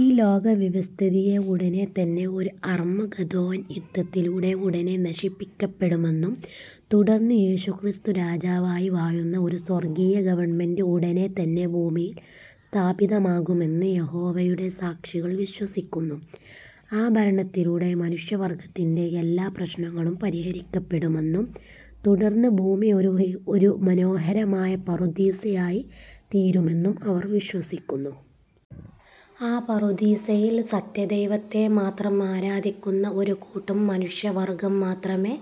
ഈ ലോക വ്യവസ്ഥിതിയെ ഉടനെ തന്നെ ഒരു അർമ്മഗദോൻ യുദ്ധത്തിലൂടെ ഉടനെ നശിപ്പിക്കപ്പെടുമെന്നും, തുടർന്ന് യേശുക്രിസ്തു രാജാവായി വാഴുന്ന ഒരു സ്വർഗീയ ഗവണ്മെന്റ് ഉടനെ തന്നെ ഭൂമിയിൽ സ്ഥാപിതമാകുമെന്ന് യഹോവയുടെ സാക്ഷികൾ വിശ്വസിക്കുന്നു. ആ ഭരണത്തിലൂടെ മനുഷ്യവർഗ്ഗത്തിന്റെ എല്ലാ പ്രശ്നങ്ങളും പരിഹരിക്കപ്പെടുമെന്നും, തുടർന്ന് ഭൂമി ഒരു മനോഹരമായ പറുദീസയായി തീരുമെന്നും അവർ വിശ്വസിക്കുന്നു. ആ പറുദീസയിൽ സത്യദൈവത്തെ മാത്രം ആരാധിക്കുന്ന ഒരു കൂട്ടം മനുഷ്യവർഗ്ഗം മാത്രമേ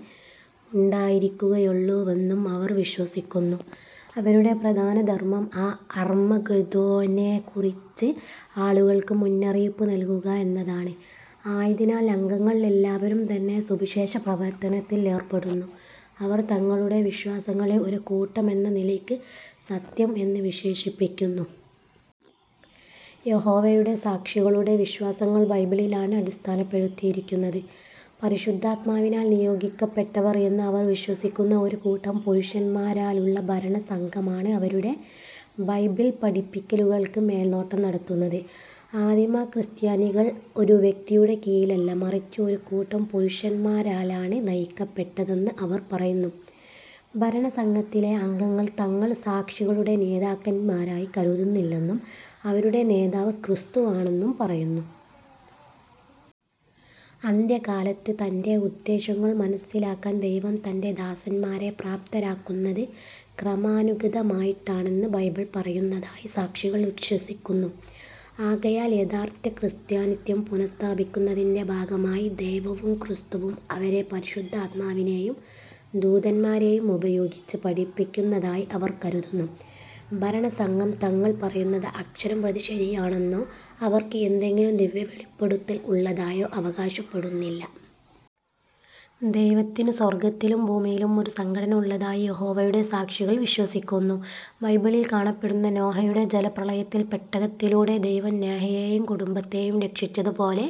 ഉണ്ടായിരിക്കുകയുള്ളുവെന്നും അവർ വിശ്വസിക്കുന്നു. അവരുടെ പ്രധാന ധർമ്മം ആ അർമ്മഗദോനെ കുറിച്ച് ആളുകൾക്ക് മുന്നറിയിപ്പു നൽകുക എന്നതാണ്. ആയതിനാൽ അംഗങ്ങൾ എല്ലാവരും തന്നെ സുവിശേഷപ്രവർത്തനത്തിൽ ഏർപ്പെടുന്നു. അവർ തങ്ങളുടെ വിശ്വാസങ്ങളെ ഒരു കൂട്ടമെന്ന നിലയ്ക്ക് "സത്യം" എന്ന് വിശേഷിപ്പിക്കുന്നു. യഹോവയുടെ സാക്ഷികളുടെ വിശ്വാസങ്ങൾ ബൈബിളിലാണ് അടിസ്ഥാനപ്പെടുത്തിയിരിക്കുന്നത്. പരിശുദ്ധാത്മാവിനാൽ നിയോഗിക്കപ്പെട്ടവർ എന്ന് അവർ വിശ്വസിക്കുന്ന ഒരു കൂട്ടം പുരുഷന്മാരാലുള്ള ഭരണസംഘമാണ് അവരുടെ ബൈബിൾ പഠിപ്പിക്കലുകൾക്ക് മേൽനോട്ടം നടത്തുന്നത്. ആദിമ ക്രിസ്ത്യാനികൾ ഒരു വ്യക്തിയുടെ കീഴിലല്ല മറിച്ച് ഒരു കൂട്ടം പുരുഷന്മാരാലാണ് നയിക്കപ്പെട്ടതെന്ന് അവർ പറയുന്നു. ഭരണസംഘത്തിലെ അംഗങ്ങൾ തങ്ങൾ സാക്ഷികളുടെ നേതാക്കന്മാരായി കരുതുന്നില്ലെന്നും, അവരുടെ നേതാവ് ക്രിസ്തുവാണെന്നും പറയുന്നു. അന്ത്യകാലത്ത് തന്റെ ഉദ്ദേശ്യങ്ങൾ മനസ്സിലാക്കാൻ ദൈവം തന്റെ ദാസന്മാരെ പ്രാപ്തരാക്കുന്നത് ക്രമാനുഗതമായിട്ടാണെന്ന് ബൈബിൾ പറയുന്നതായി സാക്ഷികൾ വിശ്വസിക്കുന്നു. ആകയാൽ യഥാർത്ഥ ക്രിസ്ത്യാനിത്വം പുനസ്ഥാപിക്കുന്നതിന്റെ ഭാഗമായി ദൈവവും, ക്രിസ്തുവും അവരെ പരിശുദ്ധാത്മാവിനെയും ദൂതന്മാരെയും ഉപയോഗിച്ച് പഠിപ്പിക്കുന്നതായി അവർ കരുതുന്നു. ഭരണസംഘം തങ്ങൾ പറയുന്നത് അക്ഷരം പ്രതി ശരിയാണെന്നോ അവർക്ക് എന്തെങ്കിലും ദിവ്യ വെളിപ്പെടുത്തൽ ഉള്ളതായോ അവകാശപ്പെടുന്നില്ല. ദൈവത്തിനു സ്വർഗ്ഗത്തിലും ഭൂമിയിലും ഒരു സംഘടന ഉള്ളതായി യഹോവയുടെ സാക്ഷികൾ വിശ്വസിക്കുന്നു. ബൈബിളിൽ കാണപ്പെടുന്ന നോഹയുടെ ജലപ്രളയത്തിൽ പെട്ടകത്തിലൂടെ ദൈവം നോഹയെയും കുടുംബത്തെയും രക്ഷിച്ചതു പോലെ,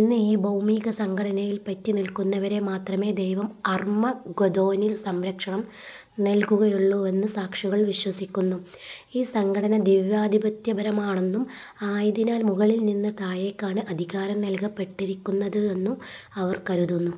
ഇന്ന് ഈ ഭൗമീക സംഘടനയിൽ പറ്റി നിൽക്കുന്നവരെ മാത്രമേ ദൈവം അർമ്മഗദോനിൽ സംരക്ഷണം നൽകുകയുള്ളുവെന്ന് സാക്ഷികൾ വിശ്വസിക്കുന്നു. ഈ സംഘടന ദിവ്യാദിപത്യപരമാണെന്നും ആയതിനാൽ മുകളിൽ നിന്ന് താഴേക്കാണ് അധികാരം നൽകപ്പെട്ടിരിക്കുന്നതെന്നും അവർ കരുതുന്നു.